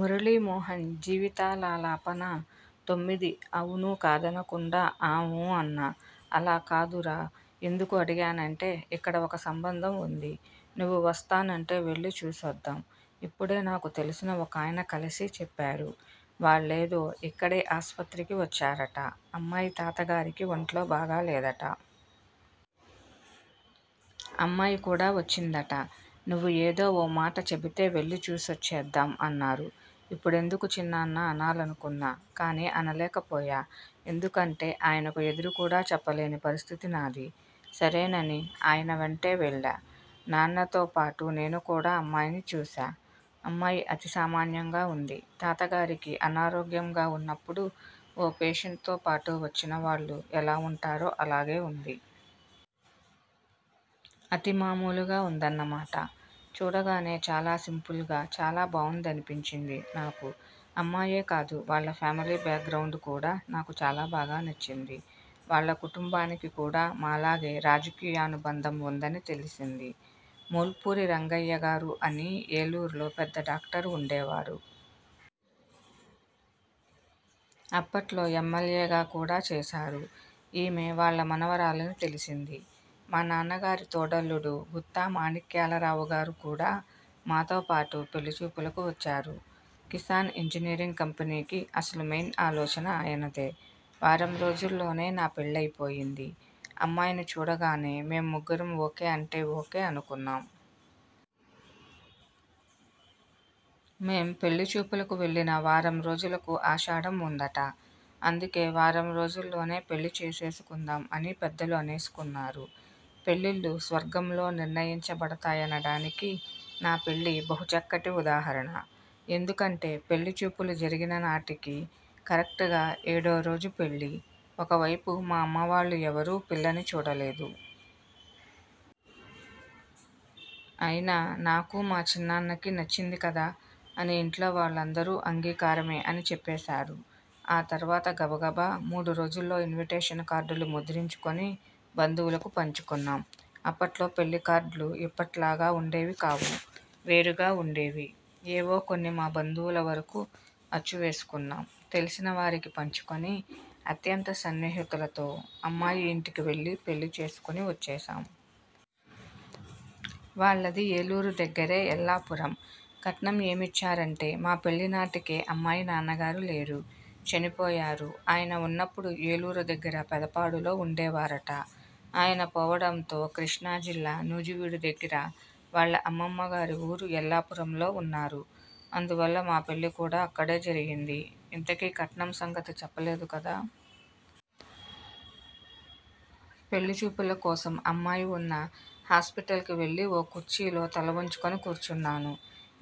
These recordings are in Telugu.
మురళీ మోహన్ జీవితలాలాపన తొమ్మిది అవునూ కాదనకుండా, ''ఆఊ'' అన్నా. 'అలా కాదురా. ఎందుకు అడిగానంటే, ఇక్కడ ఒక సంబంధం ఉంది. నువ్వు వస్తానంటే వెళ్లి చూసొద్దాం. ఇప్పుడే నాకు తెలిసిన ఒకాయన కలిసి చెప్పారు. వాళ్లేదో ఇక్కడే ఆసుపత్రికి వచ్చారట. అమ్మాయి తాతగారికి ఒంట్లో బాగాలేదట. అమ్మాయికూడా వచ్చిందట. నువ్వు ఏదో ఓ మాటచెబితే వెళ్లి చూసొచ్చేద్దాం' అన్నారు. ''ఇప్పుడెందుకు చిన్నాన్నా'' అనాలనుకున్నా. కానీ అనలేకపోయా. ఎందుకంటే ఆయనకు ఎదురుకూడా చెప్పలేని పరిస్థితి నాది. సరేనని ఆయనవెంటే వెళ్లా. న్నాన్నతో పాటు నేనుకూడా అమ్మాయిని చూశా. అమ్మాయి అతి సామాన్యంగా ఉంది. తాతగారికి అనారోగ్యంగా ఉన్నప్పుడు, ఓ పేషెంట్తోపాటు వచ్చినవాళ్లు ఎలా ఉంటారో అలాగే ఉంది. అతి మామూలుగా ఉందన్నమాట. చూడగానే చాలా సింపుల్గా, చాలా బావుందనిపించింది నాకు. అమ్మాయే కాదు, వాళ్ల ఫ్యామిలీ బ్యాగ్రౌండ్ కూడా నాకు చాలా బాగా నచ్చింది. వాళ్ల కుటుంబానికి కూడా మాలాగే రాజకీయానుబంధం ఉందని తెలిసింది. మూల్పూరి రంగయ్యగారు అని ఏలూరులో పెద్ద డాక్టర్ ఉండేవారు. అప్పట్లో ఎమ్మెల్యేగా కూడా చేశారు. ఈమె వాళ్ల మనవరాలని తెలిసింది. మా నాన్నగారి తోడల్లుడు గుత్తా మాణిక్యాలరావుగారు కూడా మాతోపాటు పెళ్ళి చూపులకు వచ్చారు. కిసాన్ ఇంజనీరింగ్ కంపెనీకి అసలు మెయిన్ ఆలోచన ఆయనదే. వారంరోజుల్లోనే నా పెళ్ళైపోయిందిఅమ్మాయిని చూడగానే మేం ముగ్గురం ఓకే అంటే ఓకే అనుకున్నాం. మేం పెళ్ళి చూపులకు వెళ్లిన వారం రోజులకు ఆషాఢం ఉందట. అందుకే వారం రోజుల్లోనే పెళ్ళి చేసేసుకుందాం అని పెద్దలు అనేసుకున్నారు. పెళ్ళిళ్ళు స్వర్గంలో నిర్ణయించబడతాయనడానికి నా పెళ్ళి బహుచక్కటి ఉదాహరణ. ఎందుకంటే పెళ్ళిచూపులు జరిగిన నాటికి కరెక్ట్ గా ఏడోరోజు పెళ్ళి. ఒకవైపు మా అమ్మవాళ్లు ఎవరూ పిల్లని చూడలేదు. అయినా నాకు, మా చిన్నాన్నకి నచ్చింది కదా అని ఇంట్లో వాళ్ళందరూ అంగీకారమే అని చెప్పేశారు. ఆ తర్వాత గబగబా మూడురోజుల్లో ఇన్విటేషన్ కార్డులు ముద్రించుకుని బంధువులకు పంచుకున్నాం. అప్పట్లో పెళ్ళికార్డులు ఇప్పట్లాగా ఉండేవికావు. వేరుగా ఉండేవి. ఏవో కొన్ని మా బంధువులవరకు అచ్చువేసుకున్నాం. తెలిసినవారికి పంచుకుని, అత్యంత సన్నిహితులతో అమ్మాయి ఇంటికివెళ్లి, పెళ్ళి చేసుకుని వచ్చేశాం. వాళ్లది ఏలూరు దగ్గరే ఎల్లాపురం. కట్నం ఏమిచ్చారంటే మాపెళ్ళి నాటికే అమ్మాయి నాన్నగారు లేరు, చనిపోయారు. ఆయన ఉన్నప్పుడు, ఏలూరు దగ్గర పెదపాడులో ఉండేవారట. ఆయన పోవడంతో, కృష్ణాజిల్లా నూజివీడుదగ్గర వాళ్ల అమ్మమ్మగారి ఊరు ఎల్లాపురంలో ఉన్నారు. అందువల్ల మాపెళ్ళి కూడా అక్కడే జరిగింది. ఇంతకీ కట్నంసంగతి చెప్పలేదు కదా. పెళ్ళిచూపులకోసం అమ్మాయి ఉన్న హాస్పిటల్కి వెళ్లి ఓ కుర్చీలో తల వంచుకుని కూర్చున్నాను.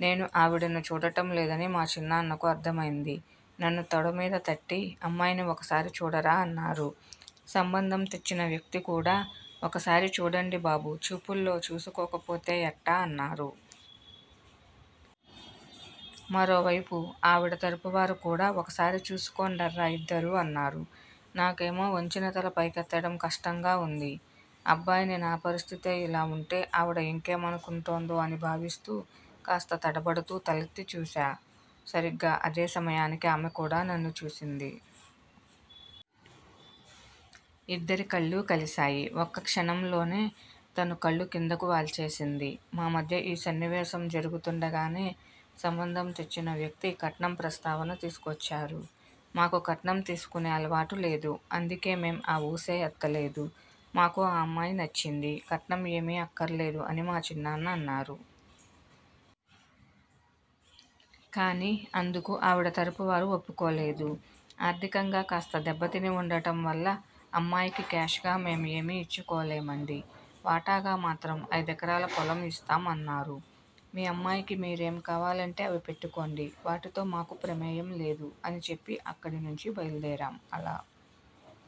నేను ఆవిడను చూడటం లేదని మా చిన్నాన్నకు అర్థమైంది. నన్ను తొడమీద తట్టి 'అమ్మాయిని ఒకసారి చూడరా' అన్నారు. సంబంధం తెచ్చినవ్యక్తి కూడా 'ఒకసారి చూడండి బాబూ. చూపుల్లో చూసుకోకపోతే ఎట్టా' అన్నారు. మరోవైపు ఆవిడ తరఫువారు కూడా 'ఒకసారి చూసుకోండర్రా ఇద్దరూ' అన్నారు. నాకేమో వంచినతల పైకెత్తడం కష్టంగా ఉంది. అబ్బాయిని నా పరిస్థితే ఇలా ఉంటే, ఆవిడ ఇంకేమనుకుంటోందో అని భావిస్తూ, కాస్త తడబడుతూ తలెత్తి చూశా. సరిగ్గా అదే సమయానికి ఆమె కూడా నన్ను చూసింది. ఇద్దరికళ్ళూ కలిశాయి. ఒక్కక్షణంలోనే తను కళ్ళు కిందకు వాల్చేసింది. మామధ్య ఈ సన్నివేశం జరుగుతుండగానే సంబంధం తెచ్చినవ్యక్తి కట్నం ప్రస్తావన తీసుకొచ్చారు. 'మాకు కట్నం తీసుకునే అలవాటులేదు. అందుకే మేం ఆ ఊసే ఎత్తలేదు. మాకు అమ్మాయి నచ్చింది.. కట్నం ఏమీ అక్కర్లేదు' అని మా చిన్నాన్న అన్నారు. కానీ అందుకు ఆవిడ తరఫువారు ఒప్పుకోలేదు. 'ఆర్థికంగా కాస్త దెబ్బతిని ఉండటంవల్ల అమ్మాయికి క్యాష్ గా మేం ఏమీ ఇచ్చుకోలేమండీ. వాటాగా మాత్రం ఐదెకరాల పొలం ఇస్తాం' అన్నారు. 'మీ అమ్మాయికి మీరేం కావాలంటే అవి పెట్టుకోండి. వాటితో మాకు ప్రమేయంలేదు' అనిచెప్పి అక్కడినుంచి బయలుదేరాం. అలా